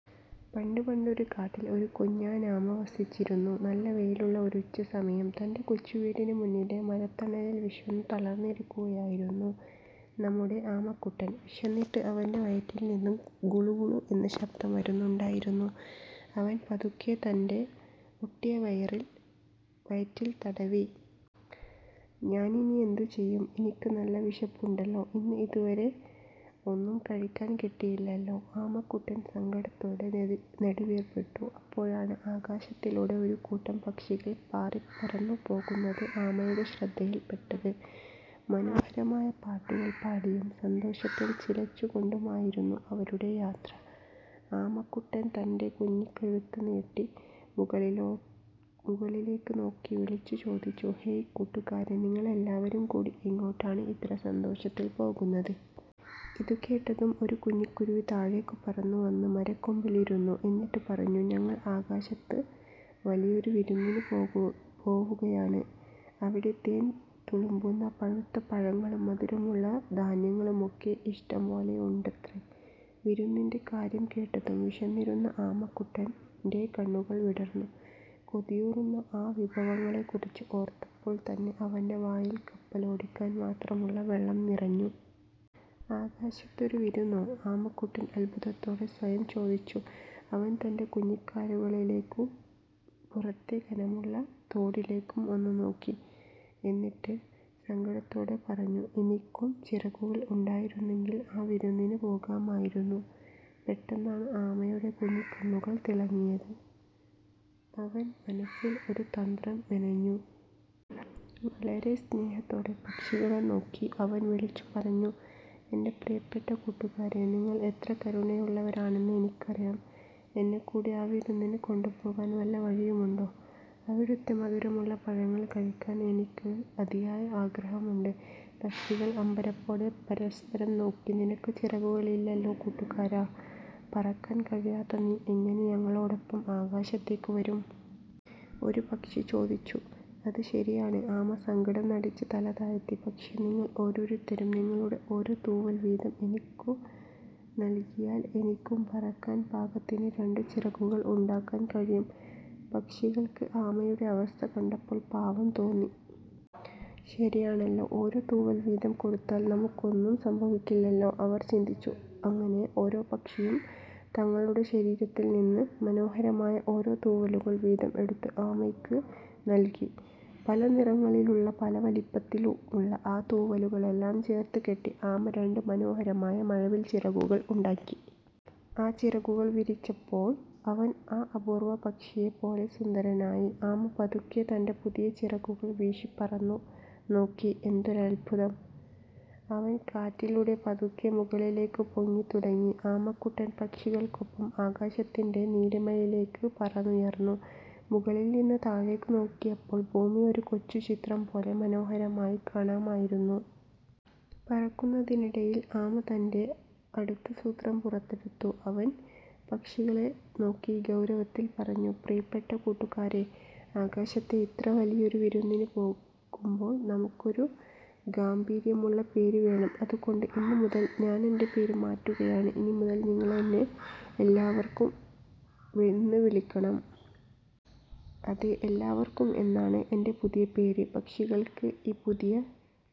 പണ്ട് പണ്ടൊരു കാട്ടിൽ ഒരു കുഞ്ഞനാമ വസിച്ചിരുന്നു. നല്ല വെയിലുള്ള ഒരു ഉച്ചസമയം. തന്റെ കൊച്ചു വീടിന് മുന്നിലെ മരത്തണലിൽ വിശന്നു തളർന്നിരിക്കുകയായിരുന്നു നമ്മുടെ ആമക്കുട്ടൻ. വിശന്നിട്ട് അവന്റെ വയറ്റിൽ നിന്നും 'ഗുളു ഗുളു' എന്ന് ശബ്ദം വരുന്നുണ്ടായിരുന്നു. അവൻ പതുക്കെ തന്റെ ഒട്ടിയ വയറ്റിൽ തടവി. "ഞാനിനി എന്തു ചെയ്യും? എനിക്ക് നല്ല വിശപ്പുണ്ടല്ലോ. ഇന്ന് ഇതുവരെ ഒന്നും കഴിക്കാൻ കിട്ടിയില്ലല്ലോ! " ആമക്കുട്ടൻ സങ്കടത്തോടെ നെടുവീർപ്പിട്ടു. അപ്പോഴാണ്, ആകാശത്തിലൂടെ ഒരു കൂട്ടം പക്ഷികൾ പാറിപറന്നു പോകുന്നത് ആമയുടെ ശ്രദ്ധയിൽപ്പെട്ടത്. മനോഹരമായ പാട്ടുകൾ പാടിയും സന്തോഷത്തിൽ ചിലച്ചു കൊണ്ടുമായിരുന്നു അവരുടെ യാത്ര. ആമക്കുട്ടൻ തന്റെ കുഞ്ഞിക്കഴുത്ത് നീട്ടി മുകളിലേക്ക് നോക്കി വിളിച്ചുചോദിച്ചു, "ഹേയ് കൂട്ടുകാരേ, നിങ്ങൾ എല്ലാവരും കൂടി എങ്ങോട്ടാണ് ഇത്ര സന്തോഷത്തിൽ പോകുന്നത്? " ഇതുകേട്ടതും ഒരു കുഞ്ഞിക്കുരുവി താഴേക്ക് പറന്നുവന്ന് മരക്കൊമ്പിലിരുന്നു. എന്നിട്ട് പറഞ്ഞു. "ഞങ്ങൾ ആകാശത്ത് വലിയൊരു വിരുന്നിന് പോവുകയാണ്. അവിടെ തേൻ തുളുമ്പുന്ന പഴുത്ത പഴങ്ങളും, മധുരമുള്ള ധാന്യങ്ങളുമൊക്കെ ഇഷ്ടം പോലെയുണ്ടത്രേ! വിരുന്നിന്റെ കാര്യം കേട്ടതും വിശന്നിരുന്ന ആമക്കുട്ടന്റെ കണ്ണുകൾ വിടർന്നു! കൊതിയൂറുന്ന ആ വിഭവങ്ങളെക്കുറിച്ച് ഓർത്തപ്പോൾത്തന്നെ അവന്റെ വായിൽ കപ്പലോടിക്കാൻ മാത്രമുള്ള വെള്ളം നിറഞ്ഞു. " "ആകാശത്തൊരു വിരുന്നോ? " ആമക്കുട്ടൻ അത്ഭുതത്തോടെ സ്വയം ചോദിച്ചു. അവൻ തന്റെ കുഞ്ഞിക്കാലുകളിലേക്കും പുറത്തെ കനമുള്ള തോടിലേക്കും ഒന്ന് നോക്കി. എന്നിട്ട് സങ്കടത്തോടെ പറഞ്ഞു: "എനിക്കും ചിറകുകൾ ഉണ്ടായിരുന്നെങ്കിൽ ആ വിരുന്നിന് പോകാമായിരുന്നു. " പെട്ടെന്നാണ് ആമയുടെ കുഞ്ഞിക്കണ്ണുകൾ തിളങ്ങിയത്. അവൻ മനസ്സിൽ ഒരു തന്ത്രം മെനഞ്ഞു. വളരെ സ്നേഹത്തോടെ പക്ഷികളെ നോക്കി അവൻ വിളിച്ചുപറഞ്ഞു: "എന്റെ പ്രിയപ്പെട്ട കൂട്ടുകാരേ, നിങ്ങൾ എത്ര കരുണയുള്ളവരാണെന്ന് എനിക്കറിയാം. എന്നെക്കൂടി ആ വിരുന്നിന് കൊണ്ടുപോകാൻ വല്ല വഴിയുമുണ്ടോ? അവിടുത്തെ മധുരമുള്ള പഴങ്ങൾ കഴിക്കാൻ എനിക്ക് അതിയായ ആഗ്രഹമുണ്ട്! " പക്ഷികൾ അമ്പരപ്പോടെ പരസ്പരം നോക്കി. "നിനക്ക് ചിറകുകളില്ലല്ലോ കൂട്ടുകാരാ, പറക്കാൻ കഴിയാത്ത നീ എങ്ങനെ ഞങ്ങളോടൊപ്പം ആകാശത്തേക്ക് വരും? " ഒരു പക്ഷി ചോദിച്ചു. "അത് ശരിയാണ്," ആമ സങ്കടം നടിച്ച് തല താഴ്ത്തി. "പക്ഷേ, നിങ്ങൾ ഓരോരുത്തരും നിങ്ങളുടെ ഓരോ തൂവൽ വീതം എനിക്ക് നൽകിയാൽ, എനിക്കും പറക്കാൻ പാകത്തിന് രണ്ട് ചിറകുകൾ ഉണ്ടാക്കാൻ കഴിയും! " പക്ഷികൾക്ക് ആമയുടെ അവസ്ഥ കണ്ടപ്പോൾ പാവം തോന്നി. "ശരിയാണല്ലോ, ഓരോ തൂവൽ വീതം കൊടുത്താൽ നമുക്കൊന്നും സംഭവിക്കില്ലല്ലോ," അവർ ചിന്തിച്ചു. അങ്ങനെ ഓരോ പക്ഷിയും തങ്ങളുടെ ശരീരത്തിൽ നിന്ന് മനോഹരമായ ഓരോ തൂവലുകൾ വീതം എടുത്ത് ആമയ്ക്ക് നൽകി. പല നിറങ്ങളിലും പല വലിപ്പത്തിലുമുള്ള ആ തൂവലുകളെല്ലാം ചേർത്ത് കെട്ടി, ആമ രണ്ട് മനോഹരമായ 'മഴവിൽ ചിറകുകൾ' ഉണ്ടാക്കി. ആ ചിറകുകൾ വിരിച്ചപ്പോൾ അവൻ ഒരു അപൂർവ്വ പക്ഷിയെപ്പോലെ സുന്ദരനായി! ആമ പതുക്കെ തന്റെ പുതിയ ചിറകുകൾ വീശി പറന്നു നോക്കി. എന്തൊരത്ഭുതം! അവൻ കാറ്റിലൂടെ പതുക്കെ മുകളിലേക്ക് പൊങ്ങിത്തുടങ്ങി. ആമക്കുട്ടൻ പക്ഷികൾക്കൊപ്പം ആകാശത്തിന്റെ നീലിമയിലേക്ക് പറന്നുയർന്നു. മുകളിൽ നിന്ന് താഴേക്ക് നോക്കിയപ്പോൾ ഭൂമി ഒരു കൊച്ചു ചിത്രം പോലെ മനോഹരമായി കാണാമായിരുന്നു. പറക്കുന്നതിനിടയിൽ ആമ തന്റെ അടുത്ത സൂത്രം പുറത്തെടുത്തു. അവൻ പക്ഷികളെ നോക്കി ഗൗരവത്തിൽ പറഞ്ഞു: "പ്രിയപ്പെട്ട കൂട്ടുകാരേ, ആകാശത്തെ ഇത്ര വലിയൊരു വിരുന്നിന് പോകുമ്പോൾ നമുക്കൊരു ഗാംഭീര്യമുള്ള പേര് വേണം. അതുകൊണ്ട് ഇന്നുമുതൽ ഞാൻ എന്റെ പേര് മാറ്റുകയാണ്. ഇനിമുതൽ നിങ്ങൾ എന്നെ 'എല്ലാവർക്കും' എന്ന് വിളിക്കണം! അതെ, 'എല്ലാവർക്കും' എന്നാണ് എന്റെ പുതിയ പേര്! " പക്ഷികൾക്ക് ഈ പുതിയ